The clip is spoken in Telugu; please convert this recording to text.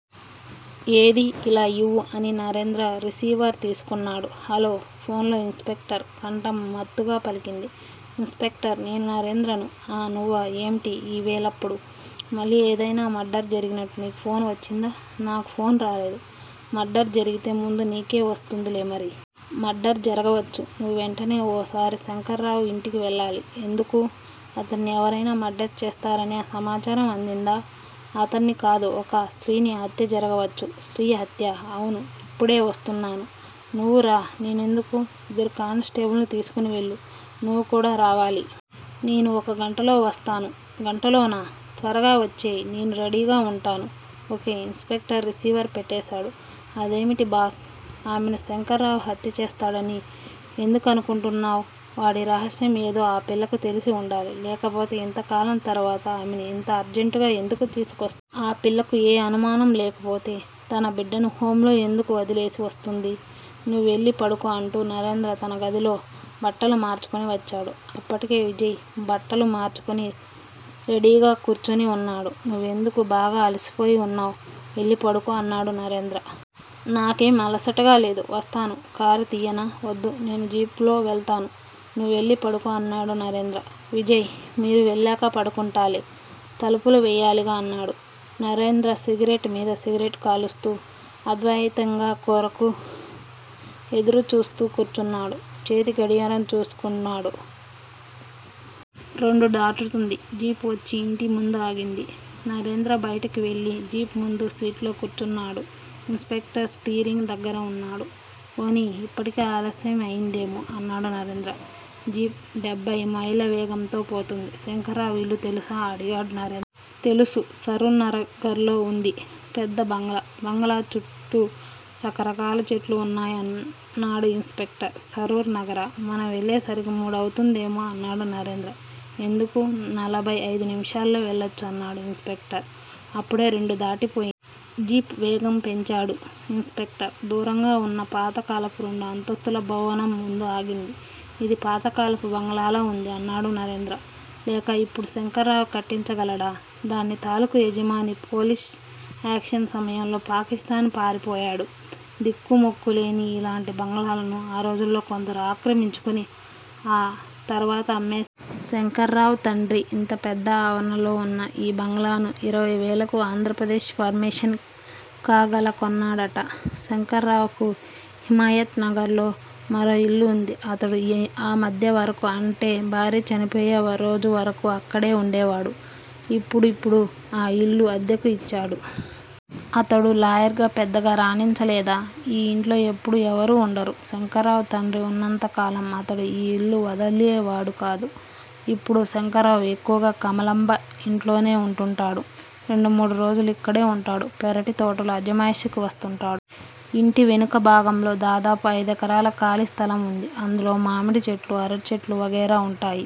ఏదీ ఇలా ఇవ్వు అని నరేంద్ర రిసీవర్ తీసుకున్నాడు. హల్లో! ఫోన్ లో ఇన్స్‌పెక్టర్ కంఠం మత్తుగా పలికింది. ఇన్స్‌పెక్టర్ నేను నరేంద్రను. ఆ! నువ్వా? ఏమిటి ఈ వేళప్పుడు! మళ్ళీ ఏదైనా మర్డర్ జరిగినట్టు నీకు ఫోన్ వచ్చిందా? నాకు ఫోన్ రాలేదు. మర్డర్ జరిగితే ముందు నీకే వస్తుందిలే మరి! మర్డర్ జరగవచ్చు. నువ్వు వెంటనే ఓసారి శంకర్రావు ఇంటికి వెళ్లాలి. ఎందుకూ? అతడ్ని ఎవరైనా మర్డర్ చేస్తారనే సమాచారం అందిందా? అతడ్ని కాదు ఒక స్త్రీ హత్య జరగొచ్చు. స్త్రీ హత్యా? అవును. ఇప్పుడే వస్తున్నాను. నువ్వూరా! నేనెందుకూ? ఇద్దరు కానిస్టేబుల్స్ తీసుకొని వెళ్ళు! నువ్వు కూడా రావాలి. నేను ఒక గంటలో వస్తాను. గంటలోనా? త్వరగా వచ్చెయ్. నేను రెడీగా ఉంటాను. ఓకే. ఇన్స్‌పెక్టర్ రిసీవర్ పెట్టేశాడు. అదేమిటి బాస్? ఆమెను శంకర్రావు హత్యచేస్తాడని ఎందుకనుకుంటున్నావ్? వాడి రహస్యం ఏదో ఆ పిల్లకు తెలిసి ఉండాలి. లేకపోతే ఇంతకాలం తర్వాత ఆమెను ఇంత అర్జెంటుగా ఎందుకూ తీసుకొ? ఆ పిల్లకు ఏ అనుమానం లేకపోతే తన బిడ్డను హోమ్ లో ఎందుకు వదిలేసి వస్తుంది? నువ్వెళ్ళి పడుకో అంటూ నరేంద్ర తనగదిలో బట్టలు మార్చుకొని వచ్చాడు. అప్పటికే విజయ్ బట్టలు మార్చుకొని రెడీగా కూర్చుని ఉన్నాడు. నువ్వెందుకు? బాగా అలిసిపోయి ఉన్నావ్. వెళ్ళి పడుకో అన్నాడు నరేంద్ర. నాకేం అలసటగా లేదు. వస్తాను. కారు తియ్యనా? వద్దు. నేను జీపులో వెళ్తాను. నువ్వెళ్ళి పడుకో అన్నాడు నరేంద్ర. విజయ్ మీరు వెళ్ళాక పడుకుంటాలే. తలుపు వెయ్యాలిగా అన్నాడు. నరేంద్ర సిగరెట్ మీద సిగరెట్ కాలుస్తూ అద్వయితం గా కొరకు ఎదురు చూస్తూ కూర్చున్నాడు. చేతి గడియారం చూసుకున్నాడు. రెండు దాటుతోంది. జీప్ వచ్చి ఇంటి ముందు ఆగింది. నరేంద్ర బయటకి వెళ్ళి జీప్ ముందు సీట్లో కూర్చున్నాడు. ఇన్స్‌పెక్టర్ స్టీరింగ్ దగ్గర ఉన్నాడు. పోనియ్! ఇప్పటికే ఆలస్యం అయిందేమో! అన్నాడు నరేంద్ర. జీప్ డెబ్బై మైళ్ళ వేగంతో పోతుంది. శంకర్రావు ఇల్లు తెలుసా? అడిగాడు నరేంద్ర. తెలుసు. సరూర్ నగర్ లో ఉంది. పెద్ద బంగళా. బంగళా చుట్టూ రకరకాల చెట్లు ఉన్నాయ్ అన్నాడు ఇన్స్‌పెక్టర్. సరూర్ నగరా? మనం వెళ్ళే సరికి మూడు అవుతుందేమో? అన్నాడు నరేంద్ర. ఎందుకూ? నలభై ఐదు నిముషాల్లో వెళ్ళొచ్చు అన్నాడు ఇన్స్‌పెక్టర్. ఇప్పుడే రెండు దాటిపోయి. జీపు వేగం పెంచాడు ఇన్స్‌పెక్టర్. దూరంగా ఉన్న పాతకాలపు రెండు అంతస్తుల భవనం ముందు ఆగింది. ఇది పాతకాలపు బంగళాలా ఉంది? అన్నాడు నరేంద్ర. లేక ఇప్పుడు శంకర్రావు కట్టించగలడా? దాని తాలూకు యజమాని పోలీస్ యాక్షన్ సమయంలో పాకిస్తాన్ పారిపోయాడు. దిక్కు మొక్కూ లేని ఇలాంటి బంగళాలను ఆ రోజుల్లో కొందరు ఆక్రమించుకొని ఆ తర్వాత అమ్మే. శంకర్రావు తండ్రి ఇంత పెద్ద ఆవరణలో ఉన్న ఈ బంగళాను ఇరవై వేలకు ఆంధ్రప్రదేశ్ ఫార్మేషన్ కాగాల కొన్నాడట. శంకర్రావుకు హిమాయత్ నగర్ లో మరో ఇల్లు ఉంది. అతడు ఆ మధ్యవరకు అంటే భార్య చనిపోయే రోజువరకు అక్కడే ఉండేవాడు. ఇప్పుడు? ఇప్పుడు ఆ ఇల్లు అద్దెకు ఇచ్చాడు. అతడు లాయర్ గా పెద్దగా రాణించలేదా? ఈ ఇంట్లో ఎప్పుడూ ఎవరూ ఉండరు. శంకర్రావు తండ్రి ఉన్నంత కాలం అతడు ఈ ఇళ్ళు వదిలేవాడు కాదు. ఇప్పుడు శంకర్రావు ఎక్కువగా కమలాంబ ఇంట్లోనే ఉంటుంటాడు. రెండు మూడు రోజులు ఇక్కడ ఉంటాడు. పెరటి తోటలు అజమాయిషీకి వస్తుంటాడు. ఇంటి వెనక భాగంలో దాదాపు ఐదెకరాల ఖాళీ స్థలం ఉంది. అందులో మామిడి చెట్లూ అరటి చెట్లూ వగైరా ఉంటాయి.